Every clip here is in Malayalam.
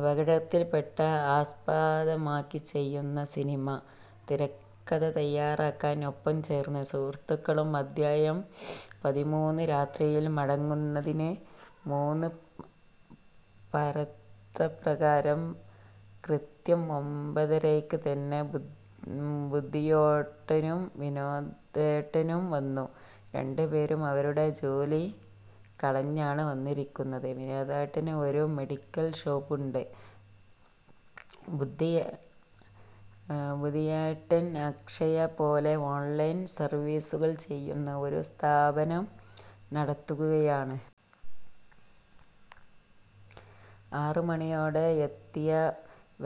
അപകടത്തിനെ ആസ്പദമാക്കി ചെയ്യുന്ന സിനിമ; തിരക്കഥ തയ്യാറാക്കാൻ ഒപ്പം ചേർന്ന് സുഹൃത്തുക്കളും അധ്യായം: പതിമൂന്ന് രാത്രിയിൽ മടങ്ങുന്നതിനു മുന്നെ പറഞ്ഞതുപ്രകാരം കൃത്യം ഒമ്പതരയ്ക്ക് തന്നെ സുധിയേട്ടനും വിനോദേട്ടനും വന്നു. രണ്ടുപേരും അവരുടെ ജോലി കളഞ്ഞാണ് വന്നിരിക്കുന്നത്. വിനോദേട്ടന് ഒരു മെഡിക്കൽ ഷോപ്പുണ്ട്. സുധിയേട്ടൻ അക്ഷയ പോലെ ഓൺലൈൻ സർവീസുകൾ ചെയ്യുന്ന ഒരു സ്ഥാപനം നടത്തുകയാണ്. ആറുമണിയോടെ എത്തിയ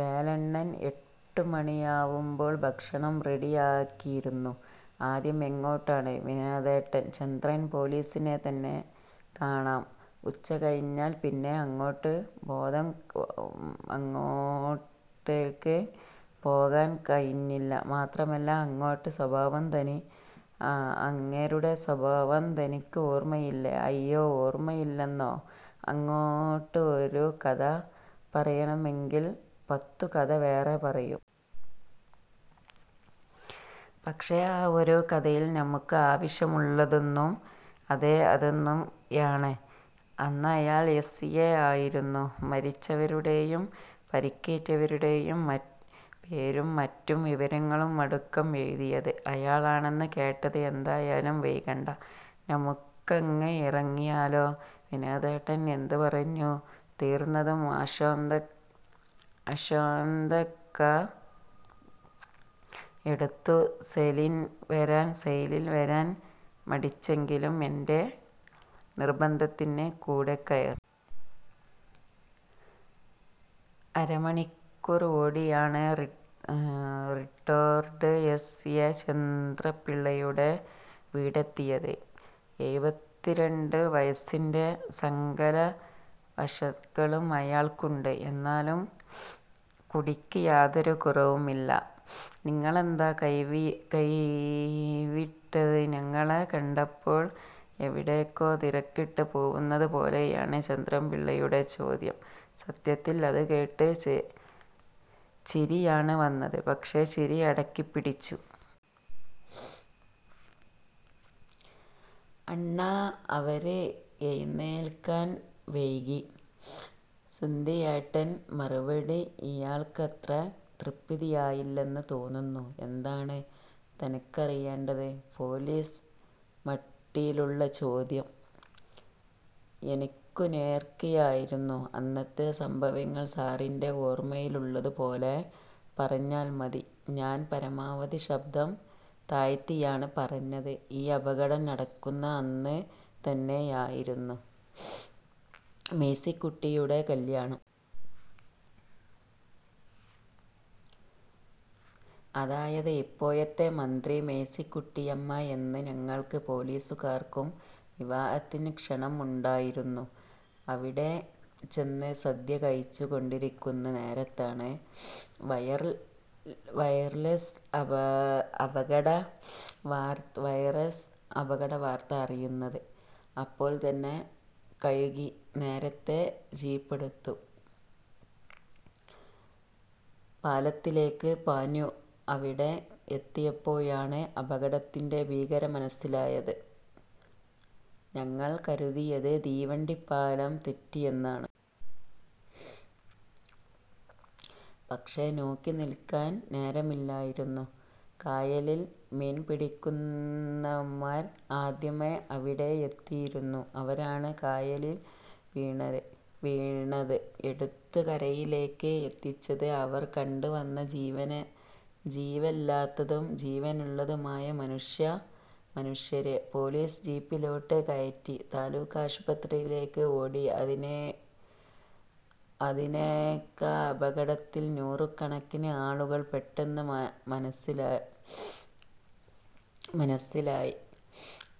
വേലണ്ണൻ എട്ടുമണിയാവുമ്പോൾ ഭക്ഷണം റെഡിയാക്കിയിരുന്നു. "ആദ്യം എങ്ങോട്ടാണ് വിനോദേട്ടാ? " "ചന്ദ്രൻ പൊലീസിനെ തന്നെ കാണാം. ഉച്ച കഴിഞ്ഞാല് പിന്നെ അങ്ങേർക്ക് ബോധം കാണത്തില്ല. മാത്രമല്ല, അങ്ങേരുടെ സ്വഭാവം തനിക്ക് ഓർമയില്ലേ? " "അയ്യോ. ഓർമയില്ലെന്നോ? അങ്ങേര് ഒരു കഥ പറയണമെങ്കിൽ പത്തുകഥ വേറെ പറയും. പക്ഷേ, ആ ഒരു കഥയിൽ നമുക്ക് ആവശ്യമുള്ളതുണ്ടുതാനും" "അതേ, അതുതന്നെയാണ്. അന്നയാള് എസ്. ഐ ആയിരുന്നു. മരിച്ചവരുടെയും പരിക്കുപറ്റിയവരുടെയും പേരും മറ്റു വിവരങ്ങളുമടക്കം എഴുതീത് അയാളെന്നാ കേട്ടത്. എന്തായാലും വൈകണ്ട. നമുക്കങ്ങ് ഇറങ്ങിയാലോ? " വിനോദേട്ടൻ അതു പറഞ്ഞു തീർന്നതും അശ്വന്ത് കാർ എടുത്തു. സെലിൻ വരാൻ മടിച്ചെങ്കിലും എന്റെ നിർബന്ധത്തിന് കൂടെക്കയറി. അരമണിക്കൂർ ഓടിയാണ് റിട്ടേർഡ് എസ്. ഐ ചന്ദ്രൻപിള്ളയുടെ വീടെത്തിയത്. എഴുപത്തിരണ്ടു വയസിൻ്റെ സകല അവശതകളും അയാൾക്കുണ്ട്. എന്നാലും കുടിക്ക് യാതൊരു കുറവുമില്ല. "നിങ്ങളെന്താ വൈകിയത്? " ഞങ്ങളെ കണ്ടപ്പോൾ എവിടേക്കോ തിരക്കിട്ട് പോവുന്നതു പോലയാണ് ചന്ദ്രൻ പിള്ളയുടെ ചോദ്യം. സത്യത്തിൽ അതുകേട്ട് ചിരിയാണ് വരുന്നത്. പക്ഷേ, ചിരി അടക്കിപ്പിടിച്ചു. "അണ്ണാ ഇവര് എഴുന്നേൽക്കാൻ വൈകി". സുധിയേട്ടന്റെ മറുപടി അയാൾക്കത്ര തൃപ്തിയായില്ലെന്നു തോന്നുന്നു. "എന്താണ് തനിക്കറിയേണ്ടത്? " പേൊലീസ് മട്ടിലുള്ള ചോദ്യം എനിക്കുനേർക്കായിരുന്നു. "അന്നത്തെ സംഭവങ്ങൾ സാറിന്റെ ഓർമയിലുള്ളതു പോലെ പറഞ്ഞാല് മതി". ഞാൻ പരമാവധി ശബ്ദം താഴ്ത്തിയാണ് പറഞ്ഞത്. "ഈ അപകടം നടക്കുന്ന അന്നു തന്നെയായിരുന്നു മേഴ്സിക്കുട്ടിയുടെ കല്യാണം. അതായത് ഇപ്പോഴത്തെ മന്ത്രി മേഴ്സിക്കുട്ടിയമ്മ. അന്ന് ഞങ്ങൾ പൊലീസുകാർക്കും വിവാഹത്തിനു ക്ഷണം ഉണ്ടായിരുന്നു. അവിടെ ചെന്ന് സദ്യ കഴിച്ചു കൊണ്ടിരിക്കുന്ന നേരത്താണ് വയർലെസിൽ അപകടവാർത്ത അറിയുന്നത്. അപ്പോൾ തന്നെ കൈകഴുകി നേരെ ജീപ്പെടുത്ത് പാലത്തിലേക്ക് പാഞ്ഞു. അവിടെ എത്തിയപ്പോഴാണ് അപകടത്തിന്റെ ഭീകരത മനസിലായത്. ഞങ്ങൾ കരുതിയത് തീവണ്ടി പാളം തെറ്റിയെന്നാണ്. പക്ഷേ, നോക്കി നിൽക്കാൻ നേരമില്ലായിരുന്നു. കായലിൽ മീൻപിടിക്കുന്നവന്മാര് ആദ്യമേ അവിടെ എത്തിയിരുന്നു. അവരാണ് കായലീ വീണവരെ എടുത്ത് കരയിലേക്ക് എത്തിച്ചത്. അവർ കൊണ്ടുവന്ന ജീവനില്ലാത്തത്തും ജീവനുള്ളതുമായ മനുഷ്യരെ പൊലീസ് ജീപ്പിലോട്ട് കയറ്റി താലൂക്കാശുപത്രീയിലേക്ക് ഓടി. അതിനെടേല് അപകടത്തിൽ നൂറുകണക്കിന് ആളുകള് പെട്ടെന്നു മനസിലായി.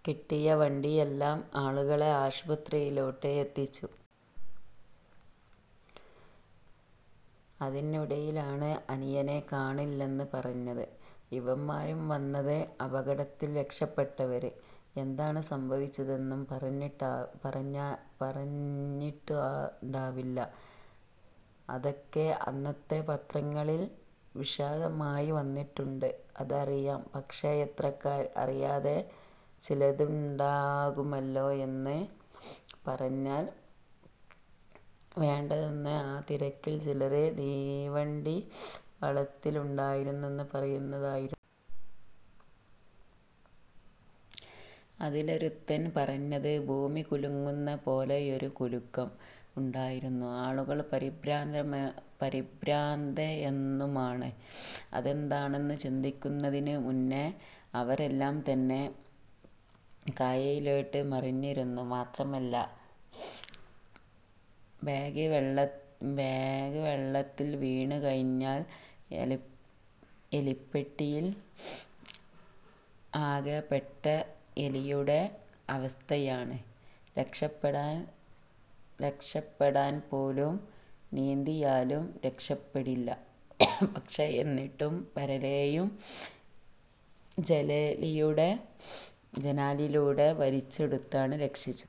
കിട്ടിയ വണ്ടിയിലെല്ലാം ആളുകളെ ആശുപത്രീലോട്ട് എത്തിച്ചു. അതിനിടയിലാണ് അനിയനെ കാണുന്നില്ലെന്നും പറഞ്ഞ് ഇവന്മാരും വന്നത്" "അപകടത്തിൽ രക്ഷപ്പെട്ടവര് എന്താണ് സംഭവിച്ചതെന്നു പറഞ്ഞിട്ടുണ്ടാവില്ലേ? " "അതൊക്കെ അന്നത്തെ പത്രങ്ങളിൽ വിശദമായി വന്നിട്ടുണ്ട്. " "അതറിയാം. പക്ഷേ, പത്രക്കാര് അറിയാത്ത ചിലതുണ്ടാവുമല്ലോ? " "എന്നു പറഞ്ഞാല് ഉണ്ടാവേണ്ടതാണ്. ആ തിരക്കിൽ ചിലര് തീവണ്ടി പാളത്തിൽ കയറിയ ഒടനെ പതിവില്ലാത്തൊരു കുലുക്കമുണ്ടായെന്നു പറയുന്നുണ്ടായയിരുന്നു. അതിലൊരുത്തൻ പറഞ്ഞത് ഭൂമി കുലുങ്ങന്ന പോലൊരു കുലുക്കം ഉണ്ടായെന്നും ആളുകൾ പരിഭ്രാന്തരായെന്നുമാണ്. അതെന്താണെന്നു ചിന്തിക്കുന്നതിനു മുന്നേ അവരെല്ലാം തന്നെ കായലിലോട്ട് മറിഞ്ഞിരുന്നു. മാത്രമല്ല, ബോഗി വെള്ളത്തിൽ വീണുകഴിഞ്ഞാല്, എലിപ്പെട്ടിയിൽ അകപ്പെട്ട എലിയുടെ അവസ്ഥയാണ്. രക്ഷപ്പെടാൻ നാലുപോടും നീന്തിയാലും രക്ഷപ്പെടില്ല. പക്ഷേ, എന്നിട്ടും പലരെയും ജനാലയിലൂടെ വലിച്ചെടുത്താണ് രക്ഷിച്ചത്.